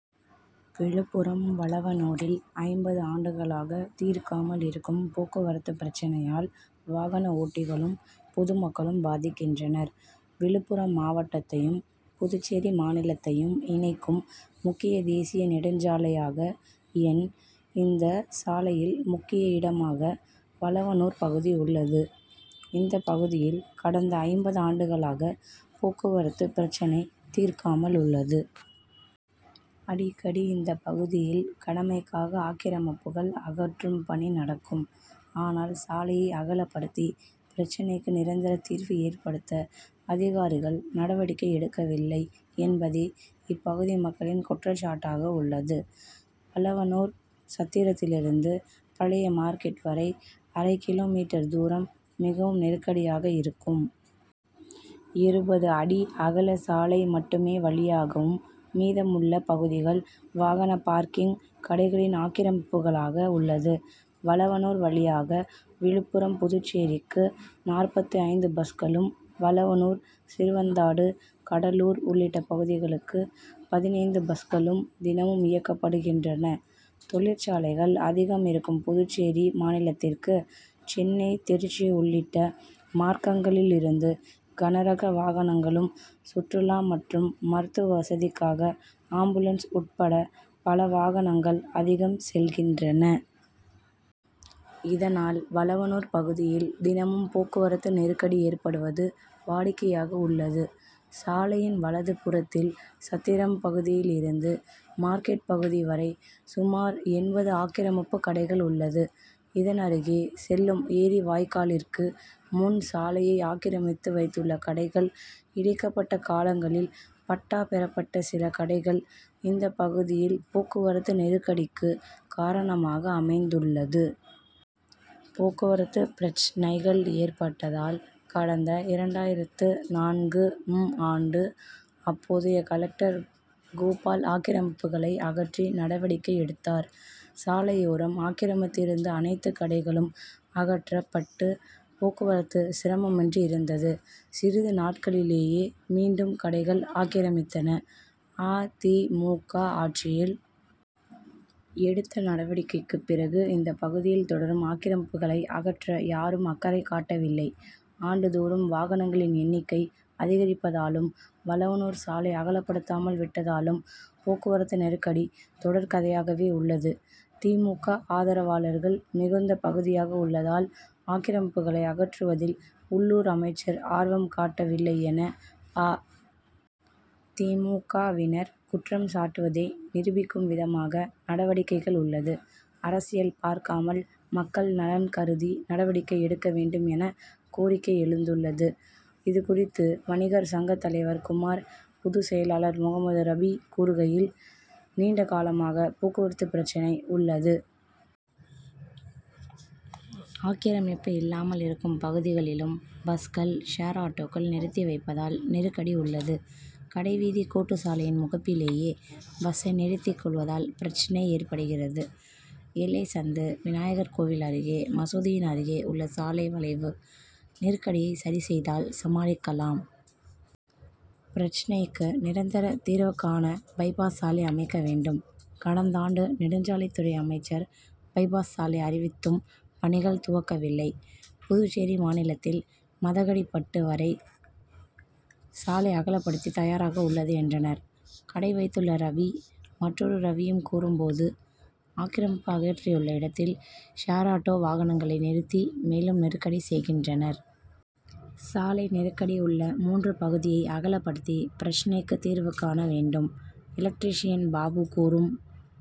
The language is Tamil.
விழுப்புரம் வளவனூரில் ஐம்பது ஆண்டுகளாக தீர்க்காமல் இருக்கும் போக்குவரத்து பிரச்னையால் வாகன ஓட்டிகளும், பொது மக்களும் பாதிக்கின் றனர். விழுப்புரம் மாவட்டத்தையும், புதுச்சேரி மாநிலத்தையும் இணைக்கும் முக்கிய தேசிய நெடுஞ்ச் சாலையாக என். இந்த சாலையில் முக் கிய இடமாக வளவனூர் பகுதி உள்ளது. இந்த பகுதியில் கடந்த ஐம்பது ஆண்டுகளாக போக்குவரத்து பிரச்னை தீர்க்காமல் உள்ளது. அடிக்கடி இந்த பகுதியில் கடமைக்காக ஆக்கிரமிப்புகள் அகற்றும் பணி நடக்கும். ஆனால் சாலையை அகலப்படுத்தி பிரச்னைக்கு நிரந்தர தீர்வு ஏற்படுத்த அதிகாரிகள் நடவடிக்கை எடுக்கவில்லை என்பதே இப்பகுதி மக்களின் குற்றச்சாட்டாக உள்ளது. வளவனூர் சத்திரத்திலிருந்து பழைய மார்க்கெட் வரை அரை கிலோ மீட்டர் தூரம் மிகவும் நெருக்கடியாக இருக்கும். இருபது அடி அகல சாலை மட்டுமே வழியாகவும் மீதமுள்ள பகுதிகள் வாகன பார்க்கிங், கடைகளின் ஆக்கிரமிப்புகளாக உள்ளது. வளவனூர் வழியாக விழுப்புரம்-புதுச்சேரிக்கு நாற்பத்து ஐந்து பஸ்களும், வளவனூர், சிறுவந்தாடு, கடலூர் உள்ளிட்ட பகுதிகளுக்கு பதினைந்து பஸ்களும் தினமும் இயக்கப்படுகின்றன. தொழிற்சாலைகள் அதிகம் இருக்கும் புதுச்சேரி மாநிலத்திற்கு சென்னை, திருச்சி உள் ளிட்ட மார்க்கங்களிலிருந்து கனரக வாகனங்களும், சுற்றுலா மற்றும் மருத்துவ வசதிக்காக ஆம்புலன்ஸ் உட்பட பல வாகனங்கள் அதிகம் செல்கின்றன. இதனால் வளவனூர் பகுதியில் தினமும் போக்கு வரத்து நெருக்கடி ஏற்படுவது வாடிக்கையாக உள்ளது. சாலையின் வலது புறத்தில் சத்திரம் பகுதியில் இருந்து மார்க்கெட் பகுதி வரை சுமார் எண்பது ஆக்கிரமிப்பு கடைகள் உள்ளது. இதனருகே செல்லும் ஏரி வாய்க்காலிற்கு முன் சாலையை ஆக்கிரமித்து வைத்துள்ள கடைகள், இடைப்பட்ட காலங்களில் பட்டா பெறப்பட்ட சில கடைகள் இந்த பகுதியில் போக்குவரத்து நெருக்கடிக்கு காரணமாக அமைந்துள்ளது. போக்குவரத்து பிரச்னைகள் ஏற்பட்டதால் கடந்த இரண்டாயிரத்து நான்கு ம் ஆண்டு அப்போதைய கலெக்டர் கோபால் ஆக்கிரமிப்புகளை அகற்றி நடவடிக்கை எடுத்தார். சாலையோரம் ஆக்கிரமித்திருந்த அனைத்து கடைகளும் அகற்றப் பட்டு போக்குவரத்து சிரமமின்றி இருந்தது. சிறிது நாட்களிலேயே மீண்டும் கடைகள் ஆக்கிரமித்தன. அ. தி. மு. க.,ஆட்சியில் எடுத்த நடவடிக்கைக்கு பிறகு இந்த பகுதியில் தொடரும் ஆக்கிரமிப்புகளை அகற்ற யாரும் அக்கறை காட்டவில்லை. ஆண்டு தோறும் வாகனங்களின் எண்ணிக்கை அதிகரிப்பதாலும், வளவனூர் சாலை அகலப்படுத்தாமல் விட்டதாலும் போக்குவரத்து நெருக்கடி தொடர் கதையாகவே உள்ளது. தி. மு. க., ஆதரவாளர்கள் மிகுந்த பகுதியாக உள்ளதால் ஆக்கிரமிப்புகளை அகற்றுவதில் உள்ளூர் அமைச்சர் ஆர்வம் காட்டவில்லை என அ. தி. மு. க., வினர் குற்றம் சாட்டுவதை நிரூபிக்கும் விதமாக நடவடிக்கைகள் உள்ளது. அரசியல் பார்க்காமல் மக்கள் நலன் கருதி நடவடிக்கை எடுக்க வேண்டும் என கோரிக்கை எழுந்துள்ளது. இது குறித்து வணிகர் சங்கத் தலைவர் குமார், பொது செயலாளர் முகமது ரபி கூறுகையில்: நீண்ட காலமாக போக்குவரத்து பிரச்னை உள்ளது. ஆக்கிரமிப்பு இல்லாமல் இருக்கும் பகுதிகளிலும் பஸ்கள், ஷேர் ஆட்டோக்கள் நிறுத்தி வைப்பதால் நெருக்கடி உள்ளது. கடைவீதி கூட்டு சாலையின் முகப் பிலேயே பஸ்சை நிறுத்திக் கொள் வதால் பிரச்னை ஏற்படுகிறது. எல்லை சந்து, விநாயகர் கோவில் அருகே, மசூதியின் அருகே உள்ள சாலை வளைவு நெருக்கடியை சரி செய்தால் சமாளிக்கலாம். பிரச்னைக்கு நிரந்தர தீர்வுகாண பைபாஸ் சாலை அமைக்க வேண்டும். கடந் தாண்டு நெடுஞ்சாலைத் துறை அமைச்சர் பைபாஸ் சாலை அறிவித்தும் பணிகள் துவக்கவில்லை. புதுச் சேரி மாநிலத்தில் மதகடிப் பட்டு வரை சாலை அகலப் படுத்தி தயாராக உள்ளது என்றனர். கடை வைத்துள்ள ரவி, மற் றொரு ரவியும் கூறும் போது, ஆக்கிரமிப்பு அகற்றியுள்ள இடத்தில் ஷேர் ஆட்டோ, வாகனங்க ளை நிறுத்தி மேலும் நெருக்கடி செய்கின்றனர். சாலை நெருக்கடி உள்ள மூன்று பகுதியை அகலப்படுத்தி பிரச்னைக்கு தீர்வுகாண வேண்டும். எலக்ட்ரிஷியன் பாபு கூறும்